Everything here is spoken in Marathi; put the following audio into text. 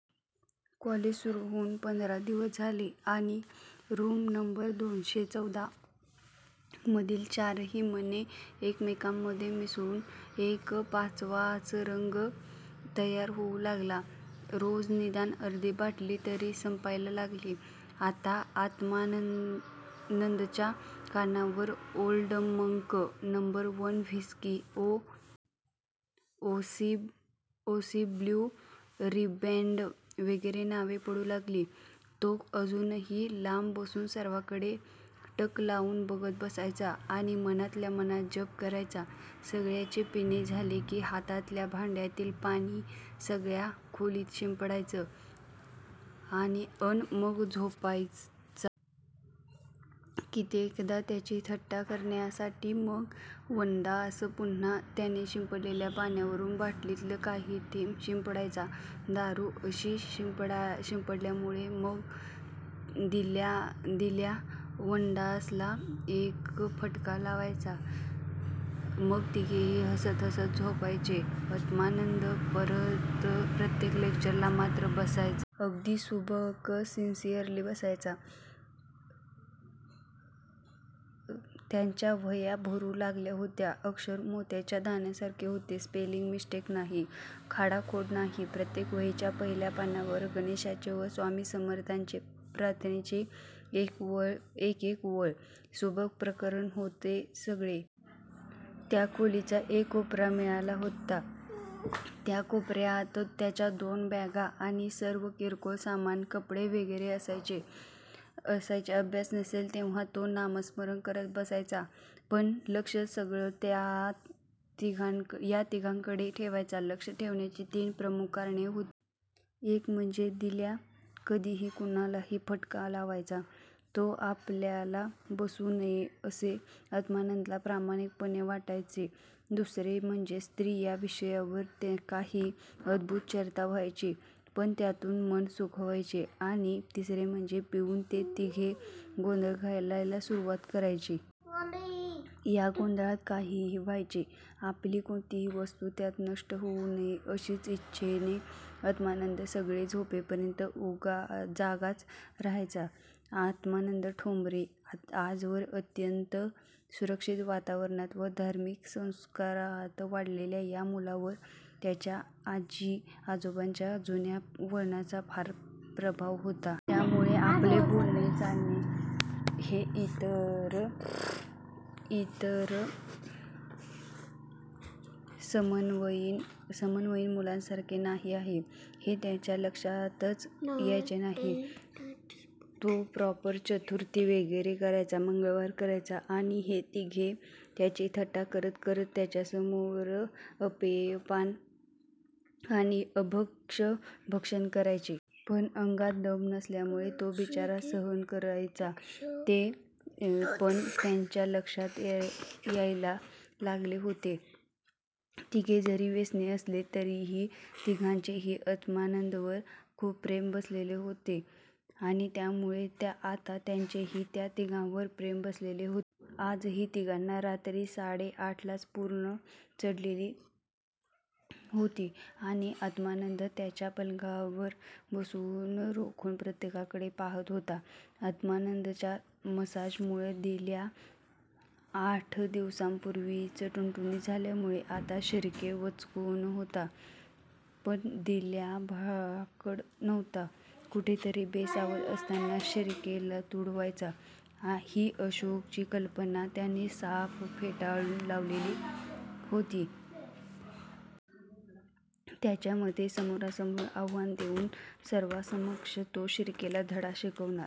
कॉलेज सुरू होऊन पंधरा दिवस झाले आणि रूम नंबर दोनशे चौदा मधील चारही मने एकमेकांमधे मिसळून एक पाचवाच रंग तयार होऊ लागला. रोज निदान अर्धी बाटली तरी संपायला लागली. आता आत्मानंदच्या कानावर Old Monk, number one whisky, O. C., Blue Riband वगैरे नावे पडू लागली. तो अजूनही लांब बसून सर्वांकडे टक लावून बघत बसायचा आणि मनातल्या मनात जप करायचा. सगळ्यांचे पिणे झाले की हातातल्या भांड्यातील पाणी सगळ्या खोलीत शिंपडायचा अन मगच झोपायचा. कित्येकदा त्याची थट्टा करण्यासाठी मग वनदास पुन्हा त्याने शिंपडलेल्या पाण्यावरून बाटलीतले काही थेंब शिंपडायचा. दारू अशी शिंपडल्यामुळे मग दिल्या वनदासला एक फटका लावायचा. मग तिघेही हसत हसत झोपायचे. आत्मानंद प्रत्येक लेक्चरला मात्र बसायचा. अगदी सिन्सियरली बसायचा. त्याच्या वह्या भरू लागल्या होत्या. अक्षर मोत्याच्या दाण्यांसारखे होते. स्पेलिंग मिसटेक नाही, खाडाखोड नाही. प्रत्येक वहीच्या पहिल्या पानावर गणेशाची व स्वामी समर्थांची प्रार्थनेची एक एक ओळ! सुबक प्रकरण होते सगळे! त्याला खोलीचा एक कोपरा मिळाला होता. त्या कोपर्यात त्याच्या दोन बॅगा आणि सर्व किरकोळ सामान, कपडे वगैरे असायचे. अभ्यास नसेल, तेव्हा तो नामस्मरण करत बसायचा. पण लक्ष सगळं या तिघांकडे ठेवायचा. लक्ष ठेवण्याची तीन प्रमुख कारणे होती. एक म्हणजे दिल्या कधीही कुणालाही फटका लावायचा. तो आपल्याला बसू नये असे आत्मानंदला प्रामाणिकपणे वाटायचे. दुसरे म्हणजे स्त्री या विषयावर काही अद्भुत चर्चा व्हायची अन त्यातून मन सुखवायचे. आणि तिसरे म्हणजे पिऊन ते तिघे गोंधळ घालायला सुरुवात करायचे. या गोंधळात काहीही व्हायचे. आपली कोणतीही वस्तू त्यात नष्ट होऊ नये अशी इच्छेने आत्मानंद सगळे झोपेपर्यंत जागाच राहायचा. आत्मानंद ठोंबरे! आजवर अत्यंत सुरक्षित वातावरणात व धार्मिक संस्कारात वाढलेल्या या मुलावर त्याच्या आजी आजोबांच्या जुन्या वळणाचा फार प्रभाव होता. त्यामुळे आपले बोलणे चालणे हे इतर समवयीन मुलांसारखे नाही आहे हे त्याच्या लक्षातच यायचे नाही. तो प्रॉपर चतुर्थी वगैरे करायचा. मंगळवार करायचा. आणि हे तिघे त्याची थट्टा करत करत त्याच्यासमोर अपेयपान आणि अभक्ष्यभक्षण करायचे. पण अंगात दम नसल्यामुळे तो बिचारा सहन करायचा ते! पण त्याच्या आता लक्षात यायला लागले होते. तिघे जरी व्यसनी असले तरीही तिघांचेही आत्मानंदवर खूप प्रेम बसलेले होते. आणि त्यामुळे आता त्याचेही त्या तिघांवर प्रेम बसलेले होते. आजही तिघांना रात्री साडे आठलाच पूर्ण चढलेली होती आणि आत्मानंद त्याच्या पलंगावर बसून रोखून प्रत्येकाकडे पाहात होता. आत्मानंदच्या मसाजमुळे दिल्या आठ दिवसांपुर्वीच टुणटुणीत झाल्यामुळे आता शिर्के वचकून होता. पण दिल्या भाकड नव्हता. कुठेतरी बेसावध असताना शिर्केला तुडवायचा ही अशोकची कल्पना त्याने साफ फेटाळून लावलेली होती. त्याच्या मते समोरासमोर आव्हान देऊन सर्वांसमक्ष तो शिर्केला धडा शिकवणार